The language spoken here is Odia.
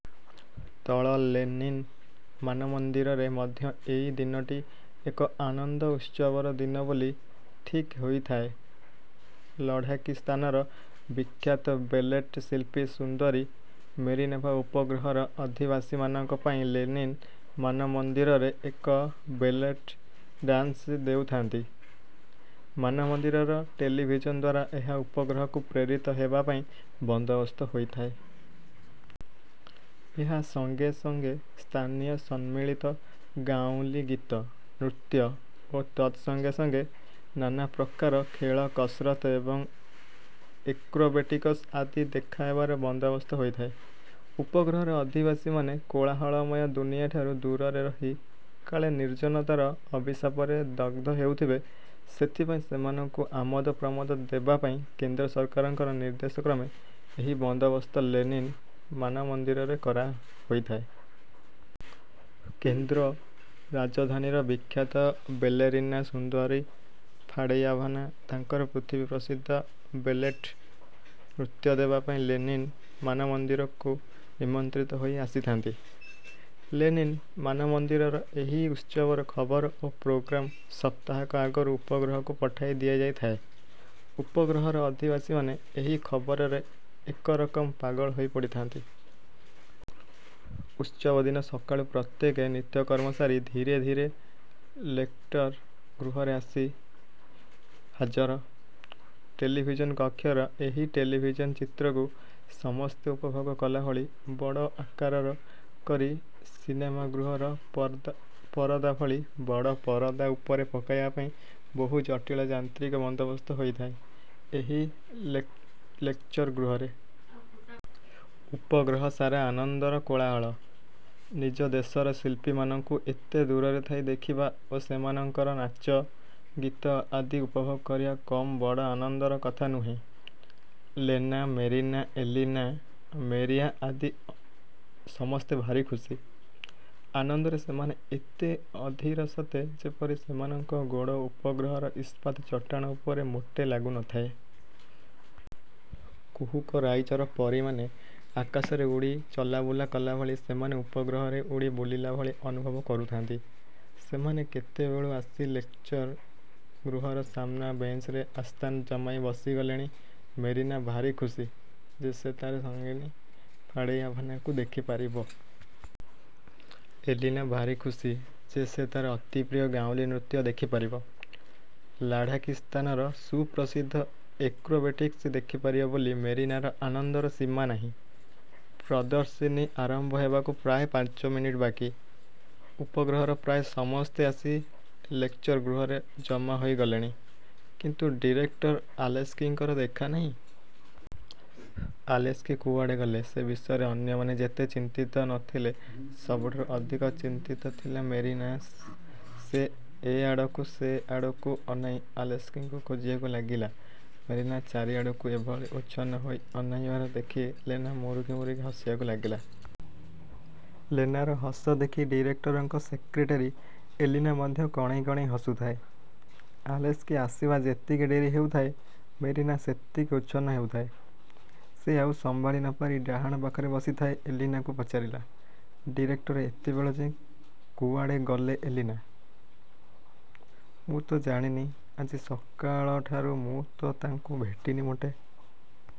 ତଳ ଲେନିନ୍ ମାନମନ୍ଦିରରେ ମଧ୍ୟ ଏଇ ଦିନଟି ଏକ ଆନନ୍ଦଉତ୍ସବର ଦିନ ବୋଲି ଠିକ୍ ହୋଇଥାଏ। ଲଢ଼ାକିସ୍ଥାନର ବିଖ୍ୟାତ ବେଲେଟ୍ ଶିଳ୍ପୀ ସୁନ୍ଦରୀ ମେରିନୋଭା ଉପଗ୍ରହର ଅଧିବାସୀମାନଙ୍କ ପାଇଁ ଲେନିନ୍ ମାନମନ୍ଦିରରେ ଏକ ବେଲେଟ୍ ଡାନସ୍ ଦେଉଥାନ୍ତି। ମାନମନ୍ଦିରର ଟେଲିଭିଜନ୍ ଦ୍ୱାରା ଏହା ଉପଗ୍ରହକୁ ପ୍ରେରିତ ହେବା ପାଇଁ ବନ୍ଦୋବସ୍ତ ହୋଇଥାଏ। ଏହା ସଙ୍ଗେ ସଙ୍ଗେ ସ୍ଥାନୀୟ ସମ୍ମିଳିତ ଗାଉଁଲୀ ଗୀତ, ନୃତ୍ୟ ଓ ତତ୍ ସଙ୍ଗେ ସଙ୍ଗେ; ନାନାପ୍ରକାର ଖେଳ କସରତ୍ ଏବଂ ଏକ୍ରୋବେଟିକସ୍ ଆଦି ଦେଖାହେବାର ବନ୍ଦୋବସ୍ତ ହୋଇଥାଏ। ଉପଗ୍ରହର ଅଧିବାସୀମାନେ କୋଳାହଳମୟ ଦୁନିଆଠାରୁ ଦୂରରେ ରହି କାଳେ ନିର୍ଜ୍ଜନତାର ଅଭିଶାପରେ ଦଗଧ ହେଉଥିବେ ସେଥିପାଇଁ ସେମାନଙ୍କୁ ଆମୋଦପ୍ରମୋଦ ଦେବାପାଇଁ କେନ୍ଦ୍ର ସରକାରଙ୍କର ନିର୍ଦ୍ଦେଶକ୍ରମେ ଏହି ବନ୍ଦୋବସ୍ତ ଲେନିନ୍ ମାନମନ୍ଦିରରେ କରାହୋଇଥାଏ। କେନ୍ଦ୍ର ରାଜଧାନୀର ବିଖ୍ୟାତ ବେଲେରିନା ସୁନ୍ଦରୀ ଫାଡ଼େୟାଭନା ତାଙ୍କର ପୃଥିବୀ ପ୍ରସିଦ୍ଧ ବେଲେଟ୍ ନୃତ୍ୟ ଦେବାପାଇଁ ଲେନିନ୍ ମାନମନ୍ଦିରକୁ ନିମନ୍ତ୍ରିତ ହୋଇ ଆସିଥାନ୍ତି। ଲେନିନ୍ ମାନମନ୍ଦିରର ଏହି ଉତ୍ସବର ଖବର ଓ ପ୍ରୋଗ୍ରାମ୍ ସପ୍ତାହକ ଆଗରୁ ଉପଗ୍ରହକୁ ପଠାଇ ଦିଆଯାଇଥାଏ। ଉପଗ୍ରହର ଅଧିବାସୀମାନେ ଏହି ଖବରରେ ଏକରକମ୍ ପାଗଳ ହୋଇପଡ଼ିଥାନ୍ତି-। ଉତ୍ସବ ଦିନ ସକାଳୁ ପ୍ରତ୍ୟେକେ ନିତ୍ୟକର୍ମ ସାରି ଧୀରେ ଧୀରେ ଲେକ୍ଚର୍ ଗୃହରେ ଆସି ହାଜର-। ଟେଲିଭିଜନ୍ କକ୍ଷର ଏହି ଟେଲିଭିଜନ୍ ଚିତ୍ରକୁ ସମସ୍ତେ ଉପଭୋଗ କଲାଭଳି ବଡ଼ ଆକାରର କରି ସିନେମାଗୃହର ପରଦାଭଳି ବଡ଼ ପରଦା ଉପରେ ପକାଇବା ପାଇଁ ବହୁ ଜଟିଳ ଯାନ୍ତ୍ରିକ ବନ୍ଦୋବସ୍ତ ହୋଇଥାଏ ଏହି ଲେକ୍ଚର ଗୃହରେ। ଉପଗ୍ରହ ସାରା ଆନନ୍ଦର କୋଳାହଳ। ନିଜ ଦେଶର ଶିଳ୍ପୀମାନଙ୍କୁ ଏତେ ଦୂରରେ ଥାଇ ଦେଖିବା ଓ ସେମାନଙ୍କର ନାଚ, ଗୀତ ଆଦି ଉପଭୋଗ କରିବା କମ୍ ବଡ଼ ଆନନ୍ଦର କଥା ନୁହେଁ। ଲେନା, ମେରିନା, ଏଲିନା, ମେରିଆ ଆଦି ସମସ୍ତେ ଭାରି ଖୁସି। ଆନନ୍ଦରେ ସେମାନେ ଏତେ ଅଧିର ସତେ ଯେପରି ସେମାନଙ୍କ ଗୋଡ଼ ଉପଗ୍ରହର ଇସ୍ପାତ୍ ଚଟାଣ ଉପରେ ମୋଟେ ଲାଗୁ ନ ଥାଏ। କୁହୁକ ରାଇଜର ପରୀମାନେ ଆକାଶରେ ଉଡ଼ି ଚଲାବୁଲା କଲାଭଳି ସେମାନେ ଉପଗ୍ରହରେ ଉଡ଼ି ବୁଲିଲା ଭଳି ଅନୁଭବ କରୁଥାନ୍ତି। ସେମାନେ କେତେବେଳୁ ଆସି ଲେକ୍ଚର୍ ଗୃହର ସାମନା ବେଞ୍ଚରେ ଆସ୍ଥାନ ଜମାଇ ବସିଗଲେଣି।। ମେରିନା ଭାରି ଖୁସି ଯେ ସେ ତା'ର ସଙ୍ଗିନୀ ଫାଡ଼େୟାଭନାକୁ ଦେଖିପାରିବ। ଏଲିନା ଭାରି ଖୁସି ଯେ ସେ ତା'ର ଅତିପ୍ରିୟ ଗାଉଁଲି ନୃତ୍ୟ ଦେଖିପାରିବ। ଲାଢ଼ାକିସ୍ଥାନର ସୁପ୍ରସିଦ୍ଧ ଏକ୍ରୋବେଟିକ୍ସ ଦେଖିପାରିବ ବୋଲି ମେରିନାର ଆନନ୍ଦର ସୀମା ନାହିଁ। ପ୍ରଦର୍ଶିନୀ ଆରମ୍ଭ ହେବାକୁ ପ୍ରାୟ ପାଞ୍ଚମିନିଟ୍ ବାକି। ଉପଗ୍ରହର ପ୍ରାୟ ସମସ୍ତେ ଆସି ଲେକ୍ଚର ଗୃହରେ ଜମାହୋଇ ଗଲେଣି, କିନ୍ତୁ ଡିରେକଟର ଆଲେସ୍କିଙ୍କର ଦେଖାନାହିଁ। ଆଲେସ୍କି କୁଆଡ଼େ ଗଲେ, ସେ ବିଷୟରେ ଅନ୍ୟମାନେ ଯେତେ ଚିନ୍ତିତ ନ ଥିଲେ, ସବୁଠାରୁ ଅଧିକ ଚିନ୍ତିତା ଥିଲା ମେରିନା। ସେ ଏଆଡ଼କୁ ସେ ଆଡ଼କୁ ଅନାଇ ଆଲେସ୍କିଙ୍କୁ ଖୋଜିବାକୁ ଲାଗିଲା। ମେରିନା ଚାରିଆଡ଼କୁ ଏଭଳି ଉଚ୍ଛନ୍ନ ହୋଇ ଅନାଇବାର ଦେଖି ଲେନା ମୁରୁକି ମୁରୁକି ହସିବାକୁ ଲାଗିଲା। ଲେନାର ହସ ଦେଖି ଡିରେକ୍ଟରଙ୍କ ସେକ୍ରେଟାରୀ ଏଲିନା ମଧ୍ୟ କଣେଇ କଣେଇ ହସୁଥାଏ। ଆଲେସ୍କି ଆସିବା ଯେତିକି ଡେରି ହେଉଥାଏ, ମେରିନା ସେତିକି ଉଚ୍ଛନ୍ନ ହେଉଥାଏ। ସେ ଆଉ ସମ୍ଭାଳି ନପାରି ଡାହାଣ ପାଖରେ ବସିଥାଏ ଏଲିନାକୁ ପଚାରିଲା–''ଡିରେକ୍ଟର ଏତେବେଳଯାଏ କୁଆଡ଼େ ଗଲେ ଏଲିନା? '' ''ମୁଁ ତ ଜାଣିନି, ଆଜି ସକାଳଠାରୁ ମୁଁ ତ ତାଙ୍କୁ ଭେଟିନି ମୋଟେ।